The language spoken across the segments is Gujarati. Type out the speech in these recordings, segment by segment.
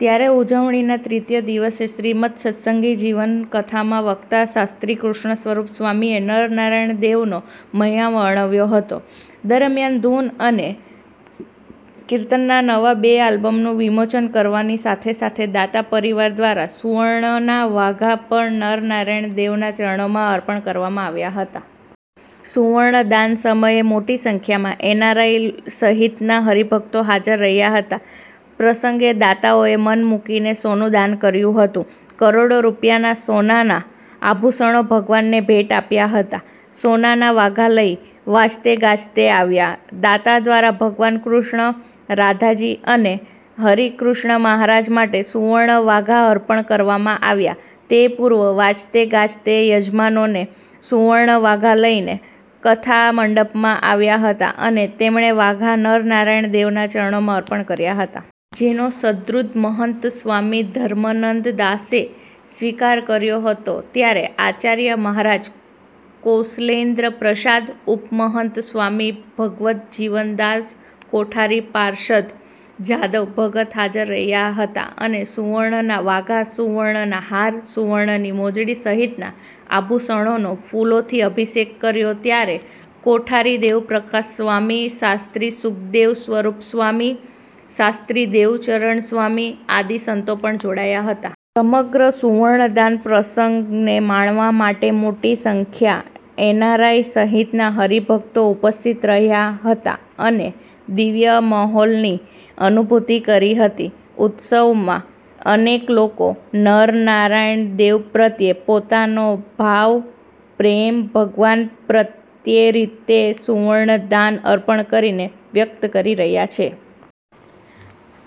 ત્યારે ઉજવણીનાં તૃતીય દિવસે શ્રીમદ્ સત્સંગીજીવન કથામાં વક્તા શાસ્ત્રી કૃષ્ણસ્વરૂપસ્વામીએ નરનારાયણ દેવનો મહિમા વર્ણવ્યો હતો. દરમિયાન ધુન અને કિર્તનનાં નવા બે આલ્બમનું વિમોચન કરવાની સાથે સાથે દાતા પરિવાર દ્વારા સુવર્ણના વાઘા પણ નરનારાયણ દેવનાં ચરણોમાં અર્પણ કરવામાં આવ્યા હતા. સુવર્ણદાન સમયે મોટી સંખ્યામાં એનઆરઆઇ સહિતના હરિભક્તો હાજર રહ્યા હતા. પ્રસંગે દાતાઓએ મન મુકીને સોનું દાન કર્યું હતું. કરોડો રૂપિયાના સોનાના આભૂષણો ભગવાનને ભેટ અપાયા હતા. સોનાના વાઘા લઈ વાજતે ગાજતે આવ્યા દાતા દ્વારા ભગવાન કૃષ્ણ, રાધાજી અને હરિકૃષ્ણ મહારાજ માટે સુવર્ણ વાઘા અર્પણ કરવામાં આવ્યા તે પૂર્વે વાજતેગાજતે યજમાનો સુવર્ણ વાઘા લઇને કથા મંડપમાં આવ્યા હતા અને તેમણેવાઘા નરનારાયણ દેવનાં ચરણોમાં અર્પણ કર્યા હતાં. જેનો સદ્ગુરૂ મહંતસ્વામી ધર્મનંદનદાસે સ્વીકાર કર્યો હતો. ત્યારે આચાર્ય મહારાજ કૌશલેન્દ્રપ્રસાદ, ઉપમહંત સ્વામી ભગવદજીવન દાસ, કોઠારી પાર્ષદ જાદવ ભગત હાજર રહ્યા હતા અને સુવર્ણના વાઘા, સુવર્ણના હાર, સુવર્ણની મોજડી સહિતનાં આભૂષણોનો ફુલોથી અભિષેક કર્યો ત્યારે કોઠારી દેવપ્રકાશસ્વામી, શાસ્ત્રી સુકદેવસ્વરૂપસ્વામી, શાસ્ત્રી દેવચરણસ્વામી આદિ સંતો પણ જોડાયા હતા. સમગ્ર સુવર્ણદાન પ્રસંગને માણવા માટે મોટી સંખ્યા એનઆરઆઇ સહિતનાં હરિભક્તો ઉપસ્થિત રહ્યા હતાં અને દિવ્ય માહોલની અનુભૂતિ કરી હતી. ઉત્સવમાં અનેક લોકો નરનારાયણ દેવ પ્રત્યે પોતાનો ભાવ, પ્રેમ ભગવાન પ્રત્યેરીતે સુવર્ણદાન અર્પણ કરીને વ્યક્ત કરી રહ્યા છે.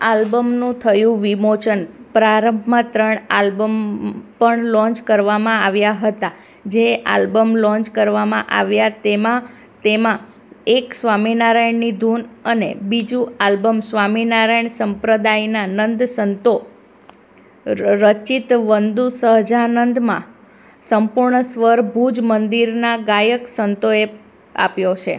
આલ્બમનું થયું વિમોચન પ્રારંભમાં ત્રણ આલ્બમ પણ લોન્ચ કરવામાં આવ્યા હતાં. જે આબ્લમ લોન્ચ કરવામાં આવ્યા તેમાં તેમાં એક સ્વામિનારાયણની ધુન અને બીજુ આલ્બમ સ્વામિનારાયણ સંપ્રદાયના નંદ સંતો રચિત વંદુ શહજાનંદમાં સંપૂર્ણ સ્વર ભુજ મંદિરનાં ગાયક સંતોએ આપ્યો છે.